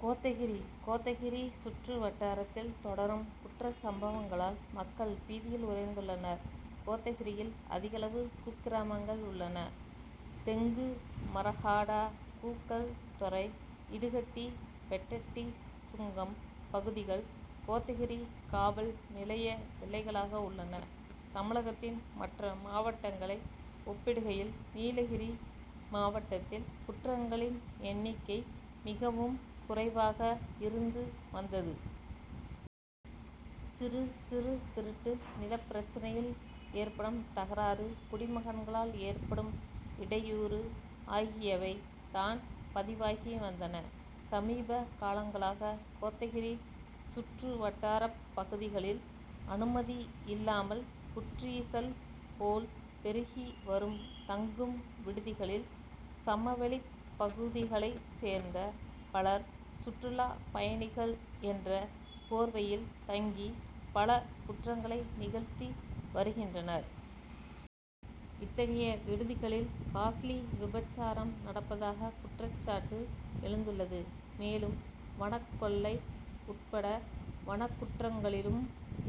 கோத்தகிரி கோத்தகிரி சுற்றுவட்டாரத்தில் தொடரும் குற்றச் சம்பவங்களால், மக்கள் பீதியில் உறைந்துள்ளனர். கோத்தகிரியில் அதிகளவு குக்கிராமங்கள் உள்ளன. தெங்குமரஹாடா, கூக்கல்தொரை, இடுஹட்டி, பெட்டட்டி சுங்கம் பகுதிகள், கோத்தகிரி காவல் நிலைய எல்லைகளாக உள்ளன. தமிழகத்தின் மற்ற மாவட்டங்களை ஒப்பிடுகையில், நீலகிரி மாவட்டத்தில் குற்றங்களின் எண்ணிக்கை மிகவும் குறைவாக இருந்து வந்தது. சிறு, சிறு திருட்டு, நிலப் பிரச்னையில் ஏற்படும் தகராறு, குடிமகன்களால் ஏற்படும் இடையூறு ஆகியவை தான் பதிவாகி வந்தன. சமீப காலங்களாக, கோத்தகிரி சுற்றுவட்டாரப் பகுதிகளில், அனுமதி இல்லாமல் புற்றீசல் போல் பெருகி வரும் தங்கும் விடுதிகளில், சமவெளிப் பகுதிகளை சேர்ந்த பலர், சுற்றுலாப் பயணிகள் என்ற போர்வையில் தங்கி, பல குற்றங்களை நிகழ்த்தி வருகின்றனர். இத்தகைய விடுதிகளில் காஸ்ட்லி விபசாரம் நடப்பதாக குற்றச்சாட்டு எழுந்துள்ளது. மேலும், வனக் கொள்ளை உட்பட வனக்குற்றங்களிலும்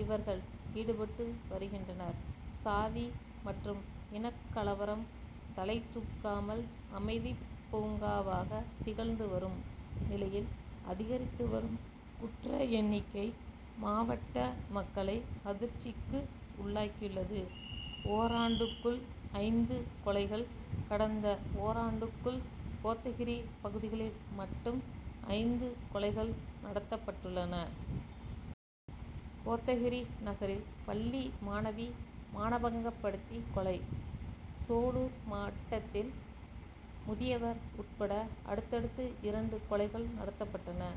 இவர்கள் ஈடுபட்டு வருகின்றனர். சாதி மற்றும் இனக்கலவரம் தலைதூக்காமல் அமைதிப் பூங்காவாக திகழ்ந்து வரும் நிலையில், அதிகரித்து வரும் குற்ற எண்ணிக்கை, மாவட்ட மக்களை அதிர்ச்சிக்கு உள்ளாக்கியுள்ளது. ஓராண்டுக்குள் ஐந்து கொலைகள் கடந்த ஓராண்டுக்குள், கோத்தகிரி பகுதிகளில் மட்டும் ஐந்து கொலைகள் நடத்தப்பட்டுள்ளன. கோத்தகிரி நகரில், பள்ளி மாணவி மானபங்கப்படுத்தி கொலை, சோலூர் மட்டத்தில் முதியவர் உட்பட அடுத்தடுத்து இரண்டு கொலைகள் நடத்தப்பட்டுள்ளன;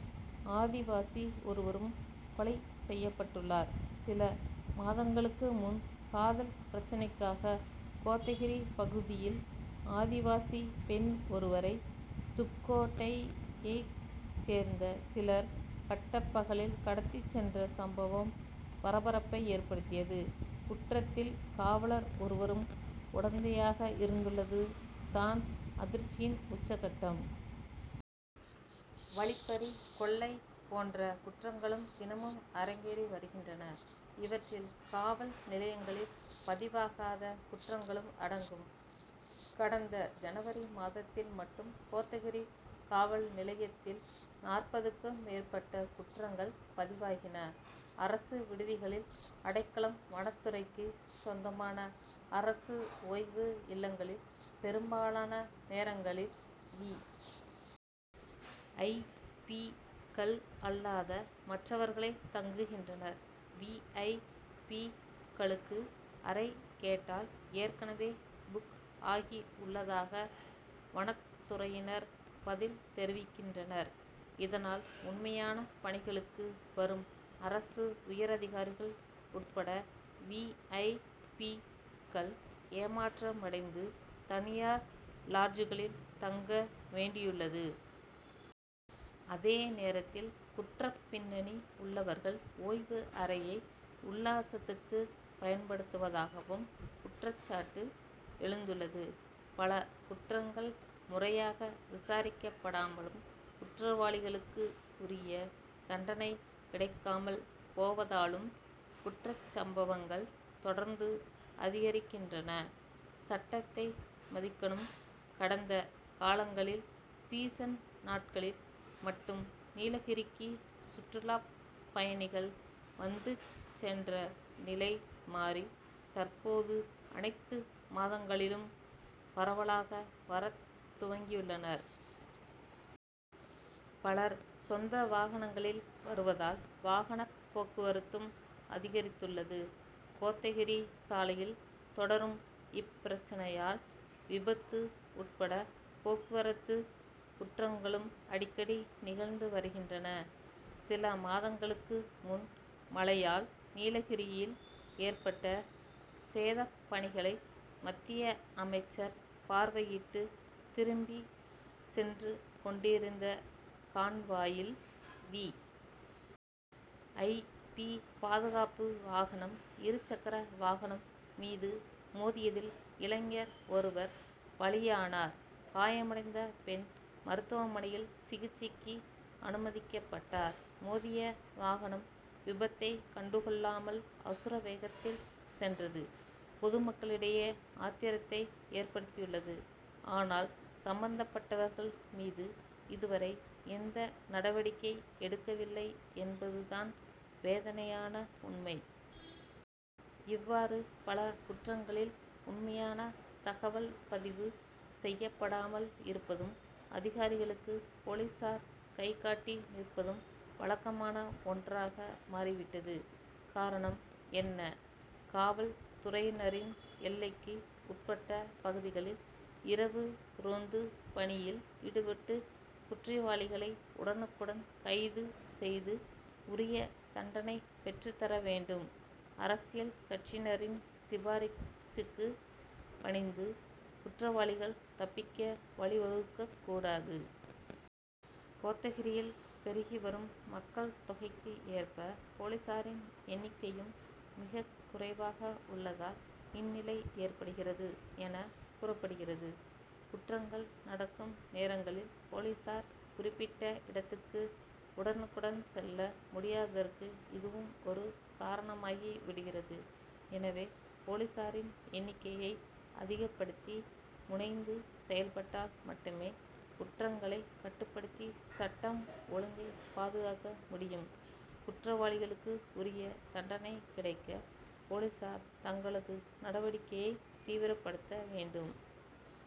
ஆதிவாசி ஒருவரும் கொலை செய்யப்பட்டுள்ளார். சில மாதங்களுக்கு முன், காதல் பிரச்னைக்காக, கோத்தகிரி பகுதியில் ஆதிவாசி பெண் ஒருவரை, துக்கோட்டையை சேர்ந்த சிலர், பட்டப்பகலில் கடத்திச் சென்ற சம்பவம் பரபரப்பை ஏற்படுத்தியது; குற்றத்தில், காவலர் ஒருவரும் உடந்தையாக இருந்துள்ளது தான் அதிர்ச்சியின் உச்சகட்டம். வழிப்பறி, கொள்ளை போன்ற குற்றங்களும் தினமும் அரங்கேறி வருகின்றன; இவற்றில், காவல் நிலையங்களில் பதிவாகாத குற்றங்களும் அடங்கும். கடந்த ஜனவரி மாதத்தில் மட்டும் கோத்தகிரி காவல் நிலையத்தில் நாற்பதுக்கும் மேற்பட்ட குற்றங்கள் பதிவாகின. அரசு விடுதிகளில் அடைக்கலம் வனத்துறைக்கு சொந்தமான அரசு ஓய்வு இல்லங்களில், பெரும்பாலான நேரங்களில் வி. ஐ. பி.,க்கள் அல்லாத மற்றவர்களே தங்குகின்றனர். வி. ஐ. பி.,களுக்கு அறை கேட்டால், ஏற்கனவே புக் ஆகி உள்ளதாக, வனத்துறையினர் பதில் தெரிவிக்கின்றனர். இதனால், உண்மையான பணிகளுக்கு வரும் அரசு உயரதிகாரிகள் உட்பட வி. ஐ. பி.,க்கள் ஏமாற்றமடைந்து, தனியார் லாட்ஜ் களில் தங்க வேண்டியுள்ளது. அதே நேரத்தில், குற்றப் பின்னணி உள்ளவர்கள், ஓய்வு அறையை உல்லாசத்துக்கு பயன்படுத்துவதாகவும் குற்றச்ட்டு எழுந்துள்ளது. பல குற்றங்கள் முறையாக விசாரிக்கப்படாமலும், குற்றவாளிகளுக்கு உரிய தண்டனை கிடைக்காமல் போவதாலும், குற்றச்சம்பவங்கள் தொடர்ந்து அதிகரிக்கின்றன. சட்டத்தை மதிக்கணும் கடந்த காலங்களில், சீசன் நாட்களில் மட்டும் நீலகிரிக்கு சுற்றுலாப் பயணிகள் வந்துச் சென்ற நிலை மாறி, தற்போது, அனைத்து மாதங்களிலும் பரவலாக வரத் துவங்கியுள்ளனர். பலர், சொந்த வாகனங்களில் வருவதால், வாகனப் போக்குவரத்தும் அதிகரித்துள்ளது. கோத்தகிரி சாலையில் தொடரும் இப்பிரச்னையால், விபத்து உட்பட போக்குவரத்து குற்றங்களும் அடிக்கடி நிகழ்ந்து வருகின்றன. சில மாதங்களுக்கு முன், மழையால் நீலகிரியில் ஏற்பட்ட சேதப் பணிகளை மத்திய அமைச்சர் பார்வையிட்டு திரும்பி சென்றுக் கொண்டிருந்த கான்வாயில், வி. ஐ. பி., பாதுகாப்பு வாகனம் இருசக்கர வாகனம் மீது மோதியதில், இளைஞர் ஒருவர் பலியானார். காயமடைந்த பெண், மருத்துவமனையில் சிகிச்சைக்கு அனுமதிக்கப்பட்டார். மோதிய வாகனம், விபத்தை கண்டுகொள்ளாமல், அசுரவேகத்தில் சென்றது பொதுமக்களிடையே ஆத்திரத்தை ஏற்படுத்தியுள்ளது. ஆனால், சம்பந்தப்பட்டவர்கள் மீது இதுவரை நடவடிக்கை எடுக்கவில்லை என்பது தான் வேதனையான உண்மை. இவ்வாறு, பல குற்றங்களில் உண்மையான தகவல் பதிவு செய்யாமல் இருப்பதும், அதிகாரிகளுக்கு, போலீசார் கைகட்டி நிற்பதும், வழக்கமான ஒன்றாக மாறி விட்டது. காரணம் என்ன? காவல் துறையினரின் எல்லைக்கு உட்பட்ட பகுதிகளில், இரவு ரோந்துப் பணியில் ஈடுபட்டு, குற்றவாளிகளை உடனுக்குடன் கைது செய்து உரிய தண்டனை பெற்றுத் தர வேண்டும்; அரசியல் கட்சியினரின் சிபாரிசுக்கு பணிந்து, குற்றவாளிகள் தப்பிக்க வழிவகுக்கக் கூடாது. கோத்தகிரியில் பெருகி வரும் மக்கள் தொகைக்கு ஏற்ப, போலீசாரின் எண்ணிக்கையும் மிகக் குறைவாக உள்ளதால் இந்நிலை ஏற்படுகிறது என கூறப்படுகிறது. குற்றங்கள் நடக்கும் நேரங்களில், போலீசார் குறிப்பிட்ட இடத்துக்கு உடனுக்குடன் செல்ல முடியாததற்கு இதுவும் ஒரு காரணமாகி விடுகிறது. எனவே, போலீசாரின் எண்ணிக்கையை அதிகப்படுத்தி, முனைந்து செயல்பட்டால் மட்டுமே, குற்றங்களை கட்டுப்படுத்தி சட்டம் ஒழுங்கை பாதுகாக்க முடியும்; குற்றவாளிகளுக்கு உரிய தண்டனை கிடைக்க, போலீசார் தங்களது நடவடிக்கையை தீவிரப்படுத்த வேண்டும்.